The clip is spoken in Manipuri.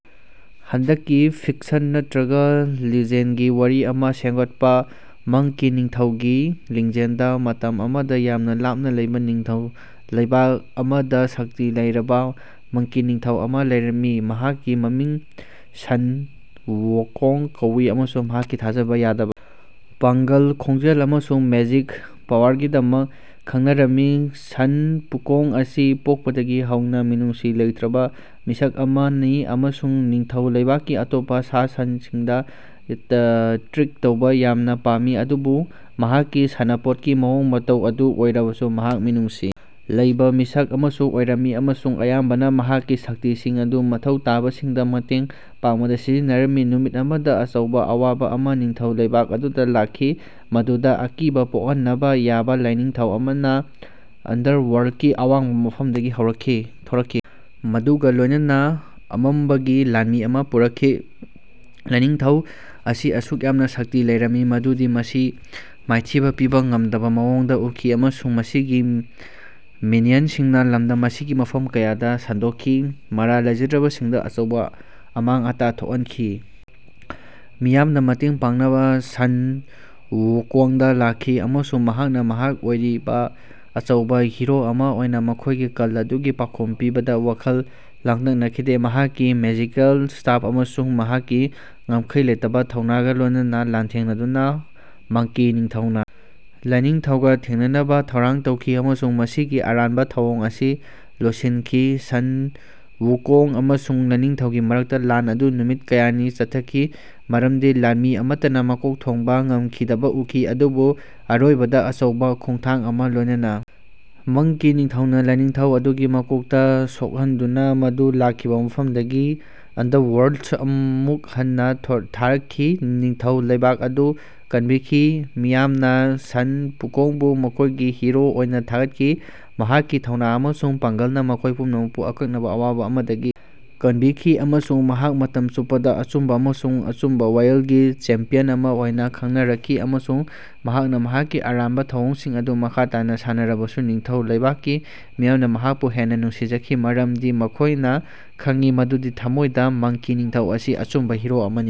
ꯍꯟꯗꯛꯀꯤ ꯐꯤꯛꯁꯟ ꯅꯠꯇꯔꯒ ꯂꯤꯖꯦꯟ꯭ꯗꯒꯤ ꯋꯥꯔꯤ ꯑꯃ ꯁꯦꯝꯒꯠꯄ꯫ ꯃꯪꯀꯤ ꯅꯤꯡꯊꯧꯒꯤ ꯂꯤꯖꯦꯟ꯭ꯗ ꯃꯇꯝ ꯑꯃꯗ ꯌꯥꯝꯅ ꯂꯥꯞꯅ ꯂꯩꯕ ꯅꯤꯡꯊꯧ ꯂꯩꯕꯥꯛ ꯑꯃꯗ ꯁꯛꯇꯤ ꯂꯩꯔꯕ ꯃꯪꯀꯤ ꯅꯤꯡꯊꯧ ꯑꯃ ꯂꯩꯔꯝꯃꯤ꯫ ꯃꯍꯥꯛꯀꯤ ꯃꯃꯤꯡ ꯁꯟ ꯋꯨꯀꯣꯡ ꯀꯧꯏ ꯑꯃꯁꯨꯡ ꯃꯍꯥꯛꯀꯤ ꯊꯥꯖꯕ ꯌꯥꯗꯕ ꯄꯥꯡꯒꯜ, ꯈꯣꯡꯖꯦꯜ ꯑꯃꯁꯨꯡ ꯃꯦꯖꯤꯛ ꯄꯥꯋꯔꯒꯤꯗꯃꯛ ꯈꯡꯅꯔꯝꯃꯤ꯫ ꯁꯟ ꯋꯨꯀꯣꯡ ꯑꯁꯤ ꯄꯣꯛꯄꯗꯒꯤ ꯍꯧꯅ ꯃꯤꯅꯨꯡꯁꯤ ꯂꯩꯇꯔꯕ ꯃꯤꯁꯛ ꯑꯃꯅꯤ ꯑꯃꯁꯨꯡ ꯅꯤꯡꯊꯧ ꯂꯩꯕꯥꯛꯀꯤ ꯑꯇꯣꯞꯄ ꯁꯥ-ꯁꯟꯁꯤꯡꯗ ꯇ꯭ꯔꯤꯛ ꯇꯧꯕ ꯌꯥꯝꯅ ꯄꯥꯝꯃꯤ꯫ ꯑꯗꯨꯕꯨ ꯃꯍꯥꯛꯀꯤ ꯁꯥꯟꯅꯄꯣꯠꯀꯤ ꯃꯑꯣꯡ ꯃꯇꯧ ꯑꯗꯨ ꯑꯣꯏꯔꯕꯁꯨ ꯃꯍꯥꯛ ꯃꯤꯅꯨꯡꯁꯤ ꯂꯩꯕ ꯃꯤꯁꯛ ꯑꯃꯁꯨ ꯑꯣꯏꯔꯝꯃꯤ ꯑꯃꯁꯨꯡ ꯑꯌꯥꯝꯕꯅ ꯃꯍꯥꯛꯀꯤ ꯁꯛꯇꯤꯁꯤꯡ ꯑꯗꯨ ꯃꯊꯧ ꯇꯥꯕꯁꯤꯡꯗ ꯃꯇꯦꯡ ꯄꯥꯡꯕꯗ ꯁꯤꯖꯤꯟꯅꯔꯝꯃꯤ꯫ ꯅꯨꯃꯤꯠ ꯑꯃꯗ ꯑꯆꯧꯕ ꯑꯋꯥꯕ ꯑꯃ ꯅꯤꯡꯊꯧ ꯂꯩꯕꯥꯛ ꯑꯗꯨꯗ ꯂꯥꯛꯈꯤ, ꯃꯗꯨꯗ ꯑꯀꯤꯕ ꯄꯣꯛꯍꯟꯕ ꯌꯥꯕ ꯂꯥꯏꯅꯤꯡꯊꯧ ꯑꯃꯅ ꯑꯟꯗꯔꯋ꯭ꯔꯜꯗꯀꯤ ꯑꯋꯥꯡꯕ ꯃꯐꯝꯗꯒꯤ ꯊꯣꯔꯛꯈꯤ, ꯃꯗꯨꯒ ꯂꯣꯏꯅꯅ ꯑꯃꯝꯕꯒꯤ ꯂꯥꯟꯃꯤ ꯑꯃꯥ ꯄꯨꯔꯛꯈꯤ꯫ ꯂꯥꯏꯅꯤꯡꯊꯧ ꯑꯁꯤ ꯑꯁꯨꯛ ꯌꯥꯝꯅ ꯁꯛꯇꯤ ꯂꯩꯔꯝꯃꯤ ꯃꯗꯨꯗꯤ ꯃꯁꯤ ꯃꯥꯏꯊꯤꯕ ꯄꯤꯕ‌ ꯉꯝꯗꯕ ꯃꯑꯣꯡꯗ ꯎꯈꯤ, ꯑꯃꯁꯨꯡ ꯃꯁꯤꯒꯤ ꯃꯤꯅꯤꯌꯟꯁꯤꯡꯅ ꯂꯝꯗꯝ ꯑꯁꯤꯒꯤ ꯃꯐꯝ ꯀꯌꯥꯗ ꯁꯟꯗꯣꯛꯈꯤ, ꯃꯔꯥꯜ ꯂꯩꯖꯗ꯭ꯔꯕꯁꯤꯡꯗ ꯑꯆꯧꯕ ꯑꯃꯥꯡ ꯑꯇ ꯊꯣꯛꯍꯟꯈꯤ꯫ ꯃꯤꯌꯥꯝꯅ ꯃꯇꯦꯡ ꯄꯥꯡꯅꯕ ꯁꯟ ꯋꯨꯀꯣꯡꯗ ꯂꯥꯛꯈꯤ, ꯑꯃꯁꯨꯡ ꯃꯍꯥꯛꯅ ꯃꯍꯥꯛ ꯑꯣꯏꯔꯤꯕ ꯑꯆꯧꯕ ꯍꯤꯔꯣ ꯑꯃ ꯑꯣꯏꯅ ꯃꯈꯣꯏꯒꯤ ꯀꯜ ꯑꯗꯨꯒꯤ ꯄꯥꯎꯈꯨꯝ ꯄꯤꯕꯗꯥ ꯋꯥꯈꯜ ꯂꯥꯡꯇꯛꯅꯈꯤꯗꯦ꯫ ꯃꯍꯥꯛꯀꯤ ꯃꯦꯖꯤꯀꯦꯜ ꯁ꯭ꯇꯥꯐ ꯑꯃꯁꯨꯡ ꯃꯍꯥꯛꯀꯤ ꯉꯝꯈꯩ ꯂꯩꯇꯕ ꯊꯧꯅꯥꯒ ꯂꯣꯏꯅꯅ ꯂꯥꯟꯊꯦꯡꯅꯗꯨꯅ ꯃꯪꯀꯤ ꯅꯤꯡꯊꯧꯅ ꯂꯥꯏꯅꯤꯡꯊꯧꯒ ꯊꯦꯡꯅꯅꯕ ꯊꯧꯔꯥꯡ ꯇꯧꯈꯤ ꯑꯃꯁꯨꯡ ꯃꯁꯤꯒꯤ ꯑꯔꯥꯟꯕ ꯊꯧꯑꯣꯡ ꯑꯁꯤ ꯂꯣꯏꯁꯤꯟꯈꯤ꯫ ꯁꯟ ꯋꯨꯀꯣꯡ ꯑꯃꯁꯨꯡ ꯂꯥꯏꯅꯤꯡꯊꯧꯒꯤ ꯃꯔꯛꯇ ꯂꯥꯟ ꯑꯗꯨ ꯅꯨꯃꯤꯠ ꯀꯌꯥꯅꯤ ꯆꯠꯊꯈꯤ, ꯃꯔꯝꯗꯤ ꯂꯥꯟꯃꯤ ꯑꯃꯠꯇꯅ ꯃꯀꯣꯛ ꯊꯣꯡꯕ ꯉꯝꯈꯤꯗꯕ ꯎꯈꯤ꯫ ꯑꯗꯨꯕꯨ ꯑꯔꯣꯏꯕꯗ, ꯑꯆꯧꯕ ꯈꯣꯡꯊꯥꯡ ꯑꯃꯒ ꯂꯣꯏꯅꯅ, ꯃꯪꯀꯤ ꯅꯤꯡꯊꯧꯅ ꯂꯥꯏꯅꯤꯡꯊꯧ ꯑꯗꯨꯒꯤ ꯃꯀꯣꯛꯇ ꯁꯣꯛꯍꯟꯗꯨꯅ ꯃꯗꯨ ꯂꯥꯛꯈꯤꯕ ꯃꯐꯝꯗꯒꯤ ꯑꯟꯗꯔꯋ꯭ꯔꯜꯗꯇ ꯑꯃꯨꯛ ꯍꯟꯅ ꯊꯥꯔꯛꯈꯤ꯫ ꯅꯤꯡꯊꯧ ꯂꯩꯕꯥꯛ ꯑꯗꯨ ꯀꯟꯕꯤꯈꯤ, ꯃꯤꯌꯥꯝꯅ ꯁꯟ ꯋꯨꯀꯣꯡꯕꯨ ꯃꯈꯣꯏꯒꯤ ꯍꯤꯔꯣ ꯑꯣꯏꯅ ꯊꯥꯒꯠꯈꯤ꯫ ꯃꯍꯥꯛꯀꯤ ꯊꯧꯅ ꯑꯃꯁꯨꯡ ꯄꯥꯡꯒꯜꯅ ꯃꯈꯣꯏ ꯄꯨꯝꯅꯃꯛꯄꯨ ꯑꯀꯛꯅꯕ ꯑꯋꯥꯕ ꯑꯃꯗꯒꯤ ꯀꯟꯕꯤꯈꯤ ꯑꯃꯁꯨꯡ ꯃꯍꯥꯛ ꯃꯇꯝ ꯆꯨꯞꯄꯗ ꯑꯆꯨꯝꯕ ꯑꯃꯁꯨꯡ ꯑꯆꯨꯝꯕ ꯋꯥꯌꯦꯜꯒꯤ ꯆꯦꯝꯄꯤꯌꯟ ꯑꯃ ꯑꯣꯏꯅ ꯈꯡꯅꯔꯛꯈꯤ꯫ ꯑꯃꯁꯨꯡ ꯃꯍꯥꯛꯅ ꯃꯍꯥꯛꯀꯤ ꯑꯔꯥꯟꯕ ꯊꯧꯑꯣꯡꯁꯤꯡ ꯑꯗꯨ ꯃꯈꯥ ꯇꯥꯅ ꯁꯥꯟꯅꯔꯕꯁꯨ, ꯅꯤꯡꯊꯧ ꯂꯩꯕꯥꯛꯀꯤ ꯃꯤꯌꯥꯝꯅ ꯃꯍꯥꯛꯄꯨ ꯍꯦꯟꯅ ꯅꯨꯡꯁꯤꯖꯈꯤ, ꯃꯔꯝꯗꯤ ꯃꯈꯣꯏꯅ ꯈꯪꯏ ꯃꯗꯨꯗꯤ ꯊꯝꯃꯣꯏꯗ ꯃꯪꯀꯤ ꯅꯤꯡꯊꯧ ꯑꯁꯤ ꯑꯆꯨꯝꯕ ꯍꯤꯔꯣ ꯑꯃꯅꯤ꯫